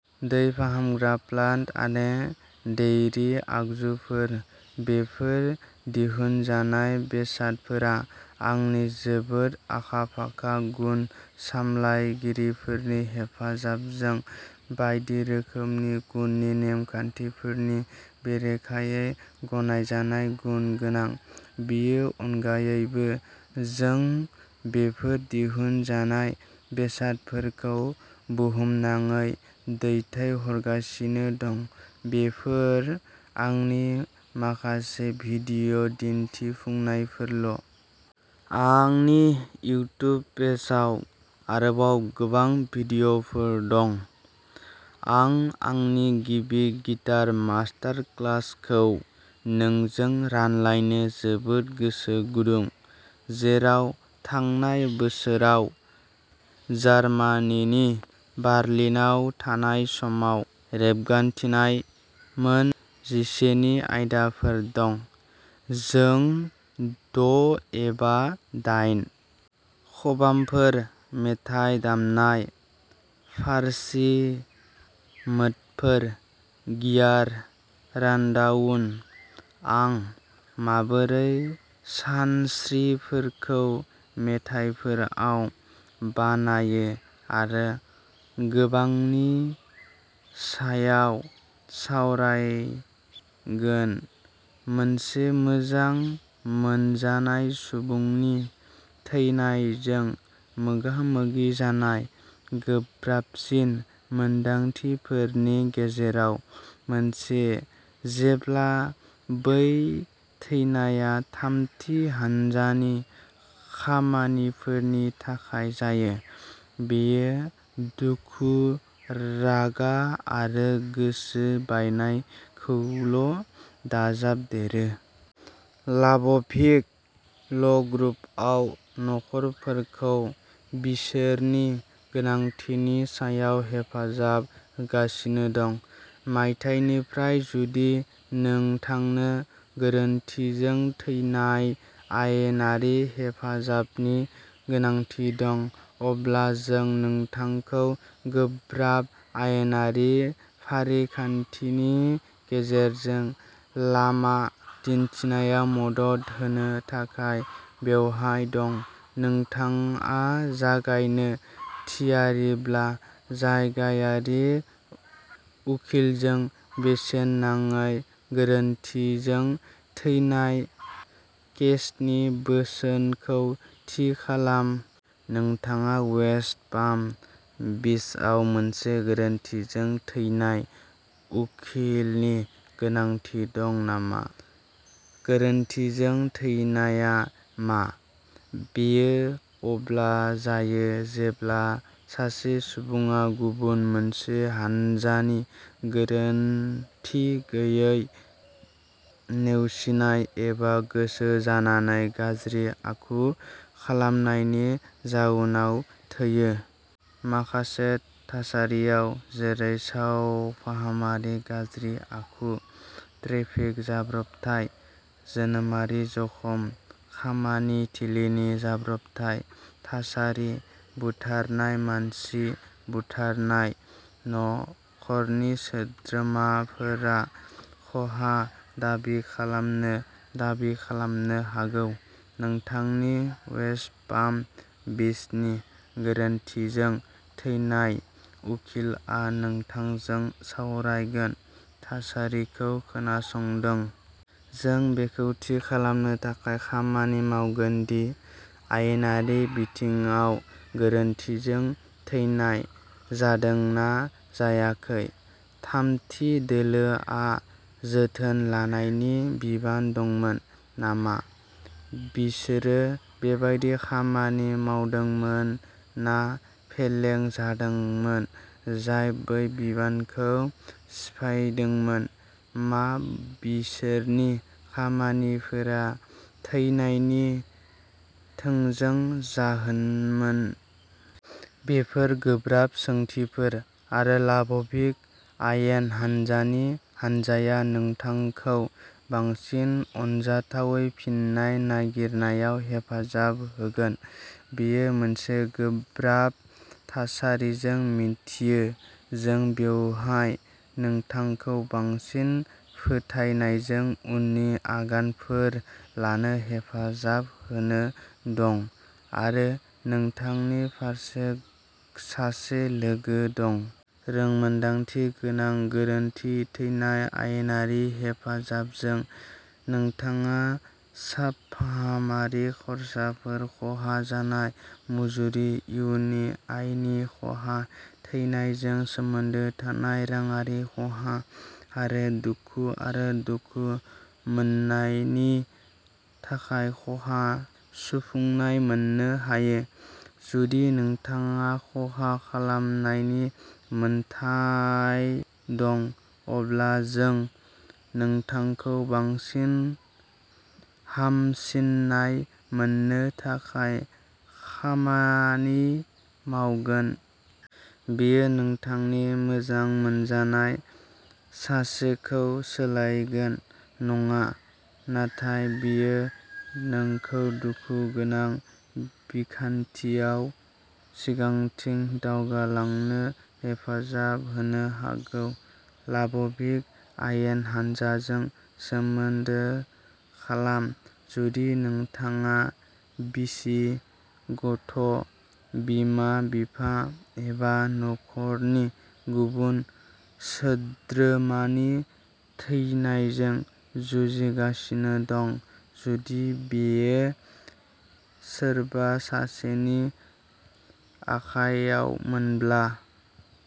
दै फाहामग्रा प्लान्ट आरो डेयरी आगजुफोर। बेफोर दिहुनजानाय बेसादफोरा आंनि जोबोद आखा-फाखा गुन सामलायगिरिफोरनि हेफाजाबजों बायदि रोखोमनि गुननि नेमखान्थिफोरनि बेरेखायै गनायजानाय गुन गोनां। बेनि अनगायैबो, जों बेफोर दिहुनजानाय बेसादफोरखौ बुहुमनाङै दैथायहरगासिनो दं। बेफोर आंनि माखासे भिडिय'दिन्थिफुंनायफोरल'। आंनि इउटिउब पेजआव आरोबाव गोबां भिडिय'फोर दं! आं आंनि गिबि गिटार मास्टारक्लासखौ नोंजों रानलायनो जोबोद गोसो गुदुं, जेराव थांनाय बोसोराव जार्मानिनि बार्लिनाव थानाय समाव रेबगान्थिनाय मोन जिसिनि आयदाफोर दं। जों द' एबा दाइन खबामफोर, मेथाइ दामनाय, फारसी मोडफोर, गियार रानडाउन, आं माबोरै सानस्रिफोरखौ मेथाइफोराव बानायो आरो गोबांनि सायाव सावरायगोन सासे मोजां मोनजानाय सुबुंनि थैनायजों मोगा-मोगि जानाय गोब्राबसिन मोनदांथिफोरनि गेजेराव मोनसे जेब्ला बै थैनाया थामथि हान्जानि खामानिफोरनि थाखाय जायो, बेयो दुखु, रागा आरो गोसो बायनायखौल' दाजाबदेरो। लाब'भिक ल'ग्रुपआ न'खरफोरखौ बिसोरनि गोनांथिनि सायाव हेफाजाब होगासिनो दं। मायथाइनिफ्राय जुदि नोंथांनो गोरोन्थिजों थैनाय आयेनारि हेफाजाबनि गोनांथि दं, अब्ला जों नोंथांखौ गोब्राब आयेनारि फारिखान्थिनि गेजेरजों लामा दिन्थिनायाव मदद होनो थाखाय बेवहाय दं। नोंथाङा जागायनो थियारिब्ला, जायगायारि उखिलजों बेसेन नाङै गोरोन्थिजों थैनाय केसनि बोसोनखौ थि खालाम। नोंथाङा वेस्ट पाम बीचआव सासे गोरोन्थिजों थैनाय उखिलनि गोनांथि दं नामा? "गोरोन्थिजों थैनाया" मा? बेयो अब्ला जायो जेब्ला सासे सुबुङा गुबुन मोनसे हान्जानि गोरोनथि गैयै, नेवसिनाय एबा गोसो जानानै गाज्रि आखु खालामनायनि जाउनाव थैयो। माखासे थासारियाव-जेरै सावफाहामारि गाज्रि आखु, ट्रेफिक जाब्रबथाय, जोनोमारि जखम, खामानि थिलिनि जाब्रबथाय थासारि, बुथारनाय मानसि बुथारनाय न; खरनि सोद्रोमाफोरा खहा दाबि खालामनो दाबि खालामनो हागौ। नोंथांनि वेस्ट पाम बीचनि गोरोन्थिजों थैनाय उखिलआ नोंथांजों सावरायगोन, थासारिखौ खोनासंदों। जों बेखौ थि खालामनो थाखाय खामानि मावगोन दि आयेनारि बिथिङाव गोरोन्थिजों थैनाय जादोंना जायाखै थामथि दोलोआ जोथोन लानायनि बिबान दंमोन नामा? बिसोरो बेबादि खामानि मावदोंमोन ना फेलें जादोंमोन जाय बै बिबानखौ सिफायदोंमोन? मा बिसोरनि खामानिफोरा थैनायनि थोंजों जाहोनमोन? बेफोरो गोब्राब सोंथिफोर, आरो लाब'भिक आयेन हान्जानि हान्जाया नोंथांखौ बांसिन अनजाथावै फिन्नाय नागिरनायाव हेफाजाब होगोन। बेयो मोनसे गोब्राब थासारिजों मिथियो। जों बेवहाय नोंथांखौ बांसिन फोथायनायजों उननि आगानफोर लानो हेफाजाब होनो दं आरो नोंथांनि फारसे सासे लोगो दं। रोंमोन्दांथि गोनां गोरोन्थि थैनाय आयेनारि हेफाजाबजों, नोंथाङा सावफाहामारि खर्साफोर खहा जानाय मुजुरि, इयुननि आयनि खहा, थैनायजों सोमोन्दो थानाय रांआरि खहा, आरो दुखु आरो दुखु मोन्नायनि थाखाय खहा सुफुंनाय मोन्नो हायो। जुदि नोंथाङा खहा खालामनायनि मोनथाय दं, अब्ला जों नोंथांखौ बांसिन हामसिननाय मोन्नो थाखाय खामानि मावगोन। बेयो नोंथांनि मोजां मोनजानाय सासेखौ सोलायगोन नङा नाथाय बेयो नोंखौ दुखुगोनां बिखान्थियाव सिगांथिं दावगालांनो हेफाजाब होनो हागौ। लाब'भिक आयेन हान्जाजों सोमोन्दो खालाम जुदि नोंथाङा बिसि, गथ ', बिमा-बिफा एबा नखरनि गुबुन सोद्रोमानि थैनायजों जुजिगासिनो दं। जुदि बेयो सोरबा सासेनि आखाइयावमोनब्ला।